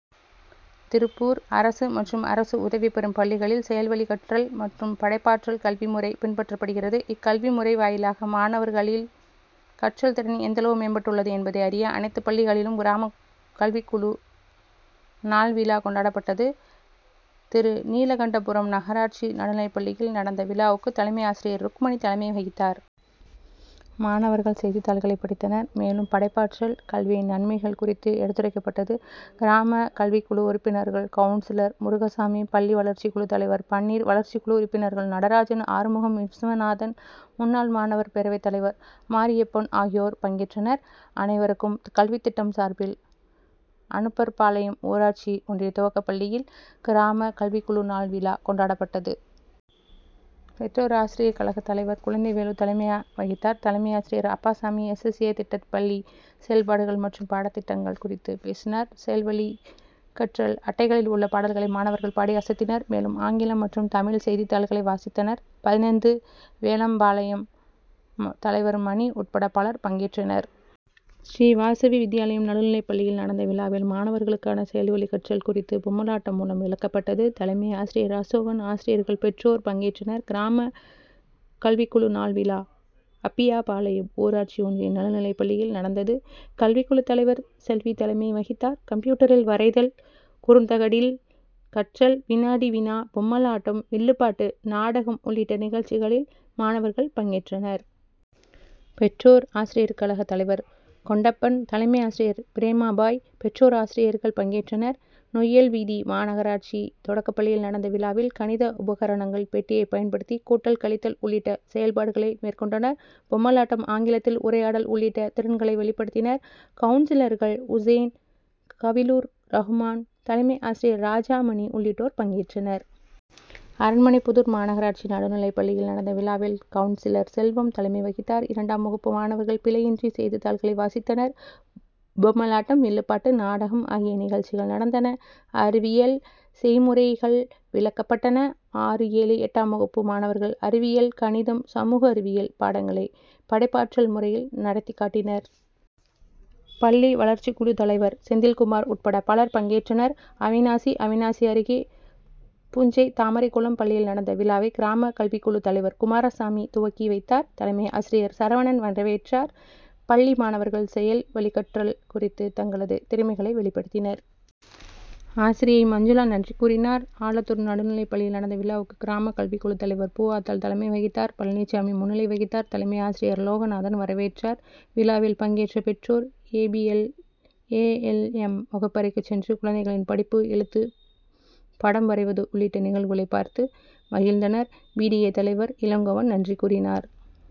திருப்பூர் அரசு மற்றும் அரசு உதவி பெறும் பள்ளிகளில் செயல்வழிக்கற்றல் மற்றும் படைப்பாற்றல் கல்வி முறை பின்பற்றப்படுகிறது. இக்கல்வி முறை வாயிலாக மாணவர்களில் கற்றல் திறன் எந்தளவு மேம்பட்டுள்ளது என்பதை அறிய, அனைத்து பள்ளிகளிலும் கிராம கல்விக்குழு நாள் விழா கொண்டாடப்பட்டது. திருநீலகண்டபுரம் நகராட்சி நடுநிலைப்பள்ளியில் நடந்த விழாவுக்கு, தலைமை ஆசிரியர் ருக்மணி தலைமை வகித்தார். மாணவர்கள், செய்தித் தாள்களை படித்தனர். மேலும், படைப்பாற்றல் கல்வியின் நன்மைகள் குறித்து எடுத்துரைக்கப்பட்டது. கிராம கல்விக்குழு உறுப்பினர்கள், கவுன்சிலர் முருகசாமி, பள்ளி வளர்ச்சி குழு தலைவர் பன்னீர், வளர்ச்சிக்குழு உறுப்பினர்கள் நடராஜன், ஆறுமுகம், விஸ்வநாதன், முன்னாள் மாணவர் பேரவை தலைவர் மாரியப்பன் ஆகியோர் பங்கேற்றனர். அனைவருக்கும் கல்வித்திட்டம் சார்பில் அனுப்பர்பாளையம் ஊராட்சி ஒன்றிய துவக்கப்பள்ளியில் கிராம கல்விக்குழு நாள் விழா கொண்டாடப்பட்டது. பெற்றோர் ஆசிரிய கழகத்தலைவர் குழந்தைவேலு தலைமை வகித்தார். தலைமை ஆசிரியர் அப்பாசாமி, எஸ். எஸ். ஏ., திட்ட பள்ளி செயல்பாடுகள் மற்றும் பாடத்திட்டங்கள் குறித்து பேசினார். செயல்வழிக்கற்றல் அட்டைகளில் உள்ள பாடல்களை மாணவர்கள் பாடி அசத்தினர். மேலும், ஆங்கிலம் மற்றும் தமிழ் செய்தித்தாள்களை வாசித்தனர். பதினைந்து வேலம்பாளையம் தலைவர் மணி உட்பட பலர் பங்கேற்றனர். ஸ்ரீவாசவி வித்யாலயம் நடுநிலைப்பள்ளியில் நடந்த விழாவில், மாணவர்களுக்கான செயல்வழிக்கற்றல் குறித்து பொம்மலாட்டம் மூலம் விளக்கப்பட்டது. தலைமை ஆசிரியர் அசோகன், ஆசிரியர்கள், பெற்றோர் பங்கேற்றனர். கிராம கல்விக்குழு நாள் விழா, அப்பியாபாளையம் ஊராட்சி ஒன்றிய நடுநிலைப் பள்ளியில் நடந்தது. கல்விக்குழு தலைவர் செல்வி தலைமை வகித்தார். கம்ப்யூட்டரில் வரைதல், குறுந்தகடில் கற்றல், வினாடி வினா, பொம்மலாட்டம், வில்லுப்பாட்டு, நாடகம் உள்ளிட்ட நிகழ்ச்சிகளில் மாணவர்கள் பங்கேற்றனர். பெற்றோர் ஆசிரியர் கழக தலைவர் கொண்டப்பன், தலைமை ஆசிரியர் பிரேமாபாய், பெற்றோர், ஆசிரியர்கள் பங்கேற்றனர். நொய்யல் வீதி மாநகராட்சி தொடக்கப்பள்ளியில் நடந்த விழாவில், கணித உபகரணங்கள் பெட்டியை பயன்படுத்தி கூட்டல், கழித்தல் உள்ளிட்ட செயல்பாடுகளை மேற்கொண்டனர். பொம்மலாட்டம், ஆங்கிலத்தில் உரையாடல் உள்ளிட்ட திறன்களை வெளிப்படுத்தினர். கவுன்சிலர்கள் உசேன், கலிலுர் ரகுமான், தலைமை ஆசிரியர் ராஜாமணி உள்ளிட்டோர் பங்கேற்றனர். அரண்மனைபுதூர் மாநகராட்சி நடுநிலைப்பள்ளியில் நடந்த விழாவில் கவுன்சிலர் செல்வம் தலைமை வகித்தார். இரண்டாம் வகுப்பு மாணவர்கள் பிழையின்றி செய்தித்தாள்களை வாசித்தனர். பொம்மலாட்டம், வில்லுப்பாட்டு, நாடகம் ஆகிய நிகழ்ச்சிகள் நடந்தன. அறிவியல் செய்முறைகள் விளக்கப்பட்டன. ஆறு, ஏழு, எட்டாம் வகுப்பு மாணவர்கள் அறிவியல், கணிதம், சமூக அறிவியல் பாடங்களை படைப்பாற்றல் முறையில் நடத்திக்காட்டினர். பள்ளி வளர்ச்சி குழு தலைவர் செந்தில்குமார் உட்பட பலர் பங்கேற்றனர். அவிநாசி அவிநாசி அருகே புஞ்சை தாமரைக்குளம் பள்ளியில் நடந்த விழாவை, கிராம கல்விக்குழு தலைவர் குமாரசாமி துவக்கி வைத்தார். தலைமையாசிரியர் சரவணன் வரவேற்றார். பள்ளி மாணவர்கள், செயல் வழிக்கற்றல் குறித்து தங்களது திறமைகளை வெளிப்படுத்தினர். ஆசிரியை மஞ்சுளா நன்றி கூறினார். ஆலத்தூர் நடுநிலைப்பள்ளியில் நடந்த விழாவுக்கு, கிராம கல்விக்குழு தலைவர் பூவாத்தாள் தலைமை வகித்தார். பழனிசாமி முன்னிலை வகித்தார். தலைமையாசிரியர் லோகநாதன் வரவேற்றார். விழாவில் பங்கேற்ற பெற்றோர், A. B. L., A. L. M., வகுப்பறைக்குச் சென்று, குழந்தைகளின் படிப்பு, எழுத்து, படம் வரைவது உள்ளிட்ட நிகழ்வுகளை பார்த்து மகிழ்ந்தனர். பி. டி. ஏ., தலைவர் இளங்கோவன் நன்றி கூறினார்.